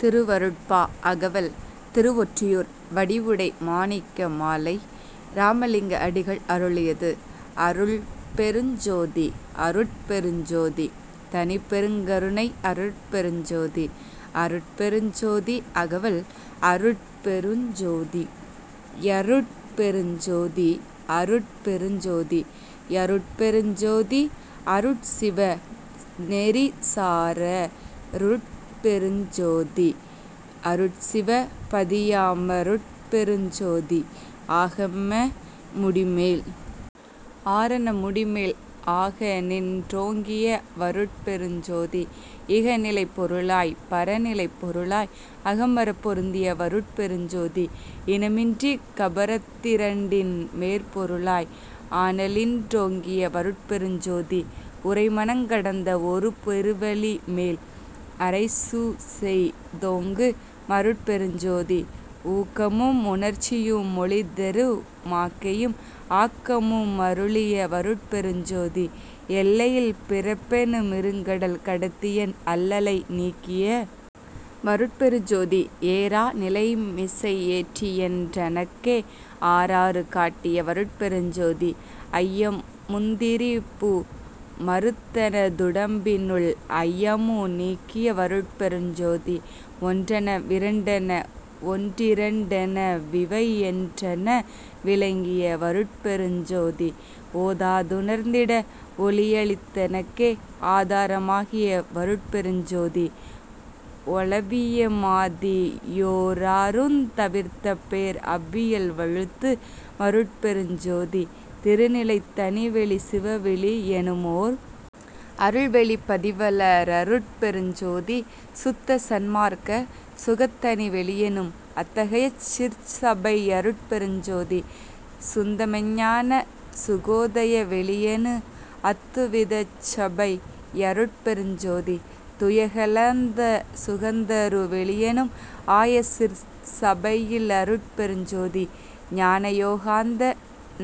திருவருட்பா -அகவல் திருவொற்றியூர் வடிவுடை மாணிக்க மாலை இராமலிங்க அடிகள் அருளியது அருட்பெருஞ் ஜோதி அருட்பெருஞ் ஜோதி தனிப்பெருங்கருணை அருட்பெருஞ் ஜோதி அருட்பெருஞ் ஜோதி அகவல் அருட்பெருஞ் ஜோதி யருட்பெருஞ் ஜோதி அருட்பெருஞ் ஜோதி யருட்பெருஞ் ஜோதி அருட்சிவ நெறிசாரருட்பெருஞ்ஜோதி அருட்சிவ பதியாமருட்பெருஞ்ஜோதி ஆகம முடிமேல் ஆரண முடிமேல் ஆகநின் றோங்கிய வருட்பெருஞ்ஜோதி இகநிலைப் பொருளாய்ப் பரநிலைப் பொருளாய் அகமறப் பொருந்திய வருட்பெருஞ்ஜோதி இனமின்றிகபரத்திரண்டின்மேற்பொருளாய் ஆனலின்றோங்கிய வருட்பெருஞ்ஜோதி உரைமனங் கடந்த வொருபெருவெளிமேல் அரைசுசெய் தோங்கு மருட்பெருஞ்ஜோதி ஊக்கமு முணர்ச்சியுமொளிதரு மாக்கையும் ஆக்கமு மருளிய வருட்பெருஞ்ஜோதி எல்லையில் பிறப்பெனு மிருங்கடல் கடத்தியென் அல்லலை நீக்கிய வருட்பெருஞ்ஜோதி ஏறா நிலைமிசை யேற்றியென் றனக்கே ஆறாறு காட்டிய வருட்பெருஞ்ஜோதி ஐயமுந்திரிபு மறுத்தெனதுடம்பினுள் ஐயமு நீக்கிய வருட்பெருஞ்ஜோதி ஒன்றென விரண்டென வொன்றிரண்டெனவிவை யன்றென விளங்கிய வருட்பெருஞ்ஜோதி ஓதாதுணர்ந்திட வொளியளித்தெனக்கே ஆதாரமாகிய வருட்பெருஞ்ஜோதி ஒளவியமாதி யோராறுந் தவிர்த்தபேர் அவ்வியல் வழுத்து மருட்பெருஞ்ஜோதி திருநிலைத் தனிவெளி சிவவெளி யெனுமோர் அருள்வெளிப் பதிவள ரருட்பெருஞ்ஜோதி சுத்தசன் மார்க்க சுகத்தனிவெளியெனும் அத்தகையச் சிற்சபை யருட்பெருஞ்ஜோதி சுந்தமெஞ்ஞான சுகோதய வெளியெனு அத்துவிதச்சபை யருட்பெருஞ்ஜோதி துயெகலந்த சுகந்தரு வெளியெனும் ஆயசிற் சபையி லருட்பெருஞ்ஜோதி ஞானயோகாந்த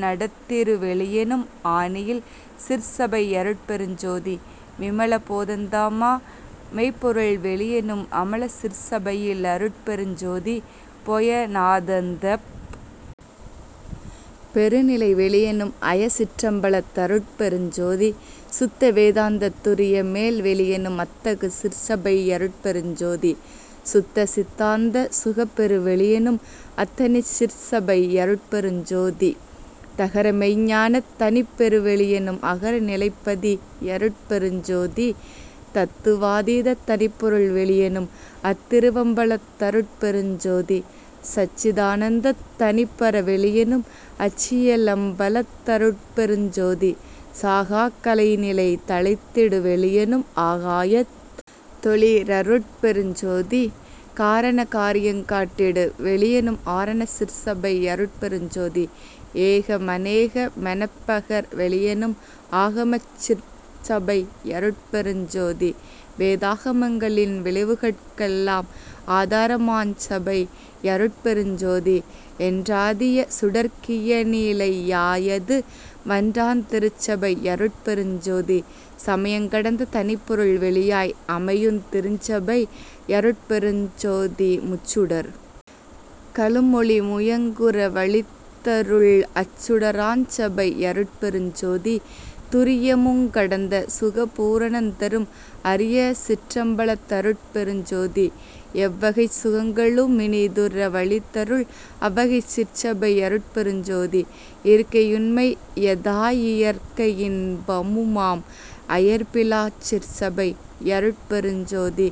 நடத்திருவெளியெனும் ஆனியில் சிற்சபை யருட்பெருஞ்ஜோதி விமல போதந்தமா மெய்ப்பொருள்வெளியெனும் அமல சிற்சபையி லருட்பெருஞ்ஜோதி பொய நாதந்தப் பெருநிலைவெளியெனும் அயசிற்றம்பலத் தருட்பெருஞ்ஜோதி சுத்தவேதாந்தத் துரியமேல்வெளியெனும் அத்தகு சிற்சபை யருட்பெருஞ்ஜோதி சுத்த சித்தாந்த சுகப்பெருவெளியெனும் அத்தனிச் சிற்சபை யருட்பெருஞ்ஜோதி தகரமெய்ஞ்ஞானத் தனிப்பெருவெளியெனும் அகர நிலைப்பதி யருட்பெருஞ்ஜோதி தத்துவாதீத தனிப்பொருள் வெளியெனும் அத்திருவம்பலத் தருட்பெருஞ்ஜோதி சச்சிதானந்தத் தனிப்பரவெளியெனும் அச்சிய லம்பலத் தருட்பெருஞ்ஜோதி சாகாக் கலைநிலை தழைத்திடுவெளியெனும் ஆகாயத் தொளி ரருட்பெருஞ்ஜோதி காரண காரியங் காட்டிடு வெளியெனும் ஆரணச் சிற்சபை யருட்பெருஞ்ஜோதி ஏக மனேக மெனப்பகர் வெளியெனும் ஆகமச் சிற்சபை யருட்பெருஞ்ஜோதி வேதா கமங்களின் விளைவுகட்கெல்லாம் ஆதாரமாஞ்சபை யருட்பெருஞ்ஜோதி என்றாதிய சுடர்க் கியனிலையாயது வன்றாந்திருச்சபை யருட்பெருஞ்ஜோதி சமயங் கடந்த தனிப்பொருள் வெளியாய் அமையுந்திருச்சபை யருட்பெருஞ்ஜோதி முச்சுடர் களுமொளி முயங்குற வளித்தருள் அச்சுடராஞ்சபை யருட்பெருஞ்ஜோதி துரியமுங்கடந்த சுகபூரணந்தரும் அரியசிற்றம்பலத் தருட்பெருஞ்ஜோதி எவ்வகைச் சுகங்களு மினிதுற வளித்தருள் அவ்வகைச் சிற்சபை யருட்பெருஞ்ஜோதி இயற்கையுண்மை யதாயியற்கையின்பமுமாம் அயர்ப்பிலாச் சிற்சபை யருட்பெருஞ்ஜோதி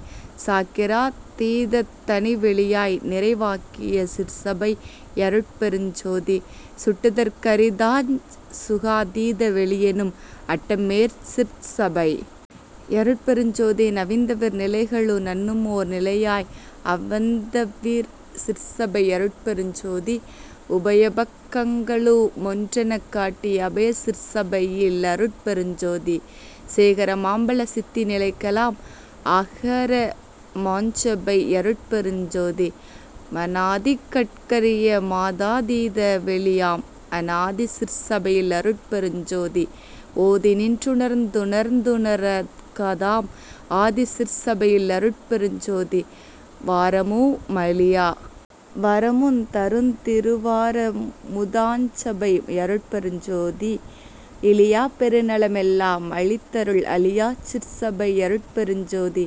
சாக்கிரா தீதத் தனிவெளியாய்நிறை வாக்கிய சிற்சபை யருட்பெருஞ்ஜோதி சுட்டுதற் கரிதாஞ் சுகாதீத வெளியெனும் அட்டமேற் சிற்சபை யருட்பெருஞ்ஜோதி நவிந்தவிர் நிலைகளு நண்ணுமோர் நிலையாய் அவந்தவிர் சிற்சபை யருட்பெருஞ்ஜோதி உபயபக் கங்களு மொன்றெனக் காட்டிய அபயசிற் சபையி லருட்பெருஞ்ஜோதி சேகர மாம்பல சித்தி நிலைக்கெலாம் ஆகர மாஞ்சபை யருட்பெருஞ்ஜோதி மனாதிகட் கரிய மதாதீத வெளியாம் அனாதி சிற்சபையி லருட்பெருஞ்ஜோதி ஓதிநின்றுணர்ந்துணர்ந்துணர்தற்காதாம் ஆதிசிற்சபையி லருட்பெருஞ்ஜோதிவாரமு மழியா வரமுந் தருந்திருவாரமுதாஞ் சபை யருட்பெருஞ்ஜோதி இழியாப் பெருநல மெல்லா மளித்தருள் அழியாச் சிற்சபை யருட்பெருஞ்ஜோதி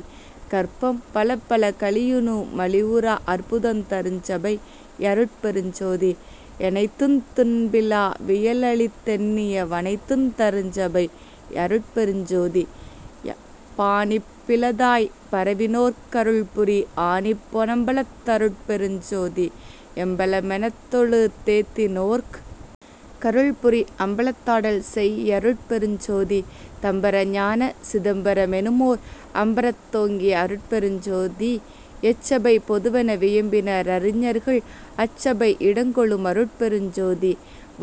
கற்பம் பலபல கழியுனு மழிவுறா அற்புதந் தருஞ்சபை யருட்பெருஞ்ஜோதி எனைத்துந் துன்பிலா வியலளித்தெண்ணிய வனைத்துந் தருஞ்சபை யருட்பெருஞ்ஜோதி பாணிப்பிலதாய்ப் பரவினோர்க் கருள்புரி ஆணிப் பொனம்பலத் தருட்பெருஞ்ஜோதி எம்பல மெனத்தொழு தேத்தினோர்க் கருள்புரி அம்பலத்தாடல்செய் யருட்பெருஞ்ஜோதி தம்பர ஞான சிதம்பர மெனுமோர் அம்பரத் தோங்கிய அருட்பெருஞ்ஜோதி எச்சபை பொதுவென வியம்பின ரறிஞர்கள் அச்சபை இடங்கொளு மருட்பெருஞ்ஜோதி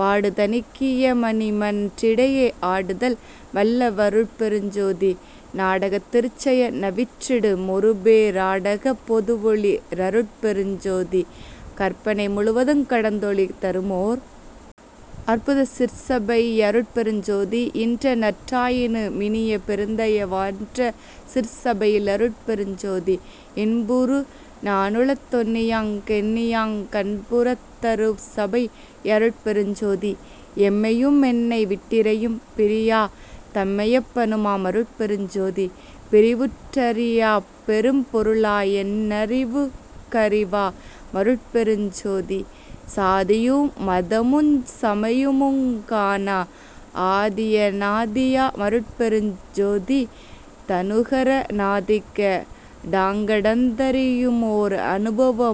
வாடுதனீக்கியமணிமன் றிடையே ஆடுதல் வல்ல வருட்பெருஞ்ஜோதி நாடகத் திருச்செய நவிற்றிடு மொருபே ராடகப் பொதுவொளி ரருட்பெருஞ்ஜோதி கற்பனை முழுவதுங் கடந்தொளி தருமோர் அற்புதச் சிற்சபை யருட்பெருஞ்ஜோதி இன்றநற் றாயினு மினிய பெருந்தய வான்றசிற் சபையி லருட்பெருஞ்ஜோதி இன்புறு நானுளத் தொண்ணியாங் கெண்ணியாங் கன்புறத் தருசபை யருட்பெருஞ்ஜோதி எம்மையு மென்னைவிட்டிறையும் பிரியா தம்மையப் பனுமா மருட்பெருஞ்ஜோதி பிறிவுற் றறியாப் பெரும்பொருளாயென் னறிவுக் கறிவா மருட்பெருஞ்ஜோதி சாதியு மதமுஞ் சமயுமுங் காணா ஆதிய நாதியா மருட்பெருஞ்ஜோதி தநுகர ணாதிக டாங்கடந்தறியுமோர் அனுபவ மாகிய